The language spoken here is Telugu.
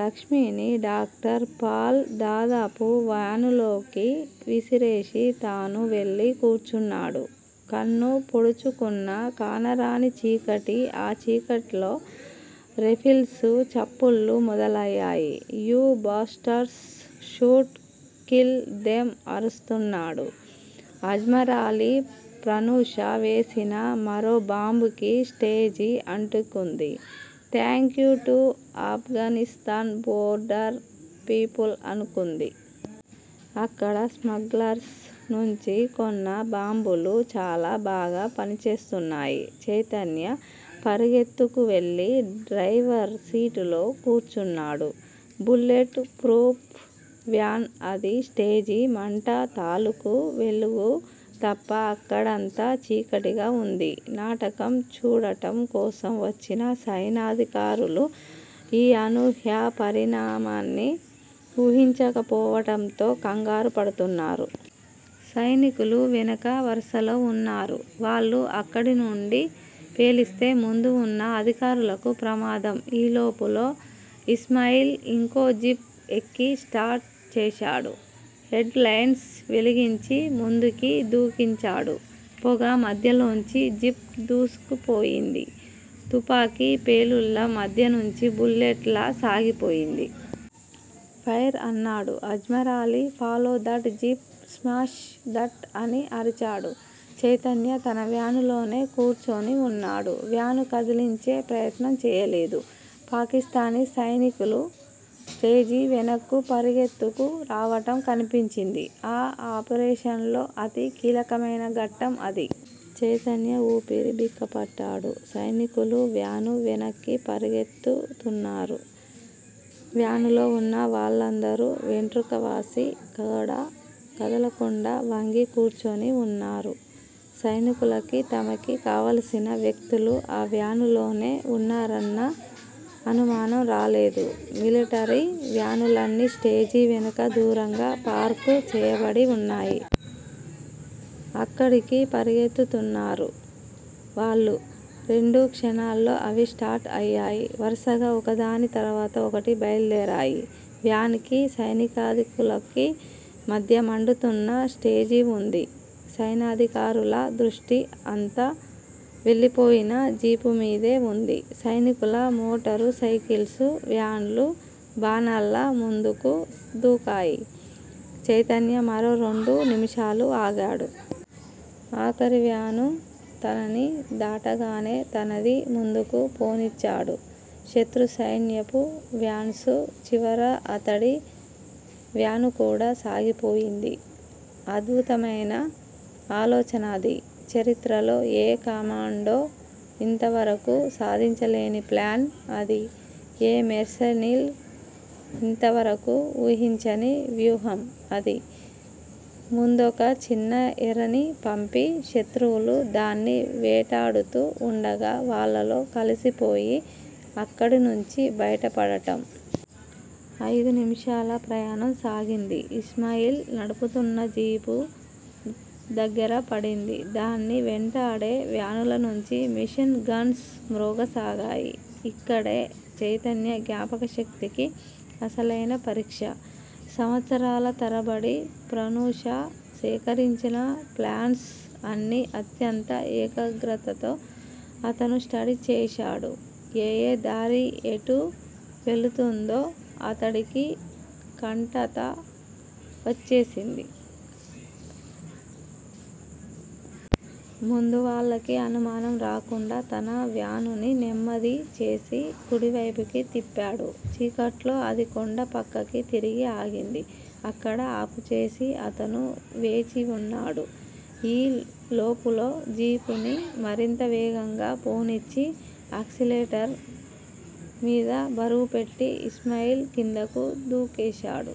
లక్ష్మిని డాక్టర్ పాల్ దాదాపు వ్యానులోకి విసిరేసి తనూ వెళ్ళి కూర్చున్నాడు. కన్ను పొడుచుకున్నా కానరాని చీకటి ఆ చీకట్లో రైఫిల్స్ చప్పుళ్ళు మొదలయ్యాయి. You bastards shoot! Kill them అరుస్తున్నాడు అజ్మరాలీ. ప్రనూష వేసిన మరో బాంబ్ కి స్టేజి అంటుకుంది. Thanks to Afghanistan border people అనుకుంది. అక్కడ స్మగ్లర్స్ నుంచి కొన్న బాంబులు చాలా బాగా పనిచేస్తున్నాయి. చైతన్య పరుగెత్తుకువెళ్ళి డ్రైవర్ సీటులో కూర్చున్నాడు. బుల్లెట్ ప్రూఫ్ వ్యాన్ అది. స్టేజీ మంట తాలుకు వెలుగు తప్ప అక్కడంతా చీకటిగా వుంది. నాటకం చూడటం కోసం వచ్చిన సైనికాధికారులు ఈ అనూహ్య పరిణామాన్ని ఊహించకపోవడంతో కంగారుపడుతున్నారు. సైనికులు వెనుక వరుసలో వున్నారు. వాళ్ళు అక్కడినుండి పేలిస్తే ముందువున్న అధికారులకు ప్రమాదం. ఈ లోపులో ఇస్మాయిల్ ఇంకో జీప్ ఎక్కి స్టార్ట్ చేశాడు. హెడ్ లైట్స్ వెలిగించి ముందుకి దూకించాడు. పొగ మధ్యలోంచి జీప్ దూసుకుపోయింది. తుపాకి ప్రేలుళ్ళ మధ్యనుంచి బుల్లెట్ లా సాగిపోయింది. ఫైర్ అన్నాడు Ajmarali follow that jeep smash that అని అరిచాడు. చైతన్య తన వ్యానులోనే కూర్చుని వున్నాడు. వ్యాను కదిలించే ప్రయత్నం చేయలేదు. పాకిస్తానీ సైనికులు స్టేజి వెనక్కు పరుగెత్తుకు రావటం కనిపించింది. ఆ ఆపరేషన్ లో అతి కీలకమైన ఘట్టం అది! చైతన్య ఊపిరి బిగపట్టాడు. సైనికులు వ్యాను వెనక్కి పరుగెత్తుతున్నారు. వ్యానులో వున్న వాళ్ళందరూ వెంట్రుకవాసి కూడా కదలకుండా వంగి కూర్చుని వున్నారు. సైనికులకి తమకి కావల్సిన వ్యక్తులు ఆ వ్యాను లోనే వున్నారన్న అనుమానం రాలేదు. మిలటరీ వ్యానులన్నీ స్టేజి వెనుక దూరంగా పార్క్ చేయబడి వున్నాయి. అక్కడికి పరుగెత్తుతున్నారు వాళ్ళు. రెండు క్షణాల్లో అవి స్టార్ట్ అయ్యాయి. వరుసగా ఒకదాని తరువాత ఒకటి బయల్దేరాయి. వ్యాన్స్ కీ, సైనికాధికులకీ మధ్య మండుతున్న స్టేజివుంది. సైనికాధికారుల దృష్టి అంతా వెళ్ళిపోయిన జీపుమీదే వుంది. సైనికుల మోటార్ సైకిల్సూ, వ్యాన్సూ బాణాల్లా ముందుకు దూకాయి. చైతన్య మరో రెండు నిమిషాలు ఆగాడు. ఆఖరి వ్యాను తనని దాటగానే, తనదీ ముందుకు పోనిచ్చాడు. శత్రు సైన్యపు వ్యాన్స్ చివర అతడి వ్యానుకూడా సాగిపోయింది. అద్భుతమైన ఆలోచన అది. చరిత్రలో ఏ కమాండో ఇంతవరకూ సాధించలేని 'ప్లాన్' అది. ఏ మెర్సనీర్ ఇంతవరకూ వూహించని వ్యూహం అది. ముందొక చిన్న ఎరని పంపి, శత్రువులు దాన్ని వేటాడుతూ వుండగా వాళ్ళలో కలిసిపోయి అక్కడనుంచి బయటపడటం! అయిదు నిమిషాల ప్రయాణం సాగింది. ఇస్మాయిల్ నడుపుతున్న జీపు దగ్గర పడింది. దాన్ని వెంటాడే వ్యానులనుంచి మెషిన్ గన్స్ మ్రోగసాగాయి. ఇక్కడే చైతన్య జ్ఞాపకశక్తికి అసలైన పరీక్ష! సంవత్సరాల తరబడి ప్రనూష సేకరించిన ప్లాన్స్ అన్నీ అత్యంత ఏకాగ్రతతో అతను స్టడీ చేశాడు. ఏయే దారి ఎటు వెళుతుందో అతడికి కంఠతా వచ్చేసింది. ముందు వాళ్ళకి అనుమానం రాకుండా తన వ్యానుని నెమ్మది చేసి, కుడివైపుకి తిప్పాడు. చీకట్లో అది కొండ పక్కకి తిరిగి ఆగింది. అక్కడ ఆపుచేసి అతడు వేచి వున్నాడు. ఈ లోపులో జీపుని మరింత వేగంగా పోనిచ్చి, ఆక్సిలేటర్ మీద బరువుపెట్టి ఇస్మాయిల్ క్రిందకు దూకేశాడు.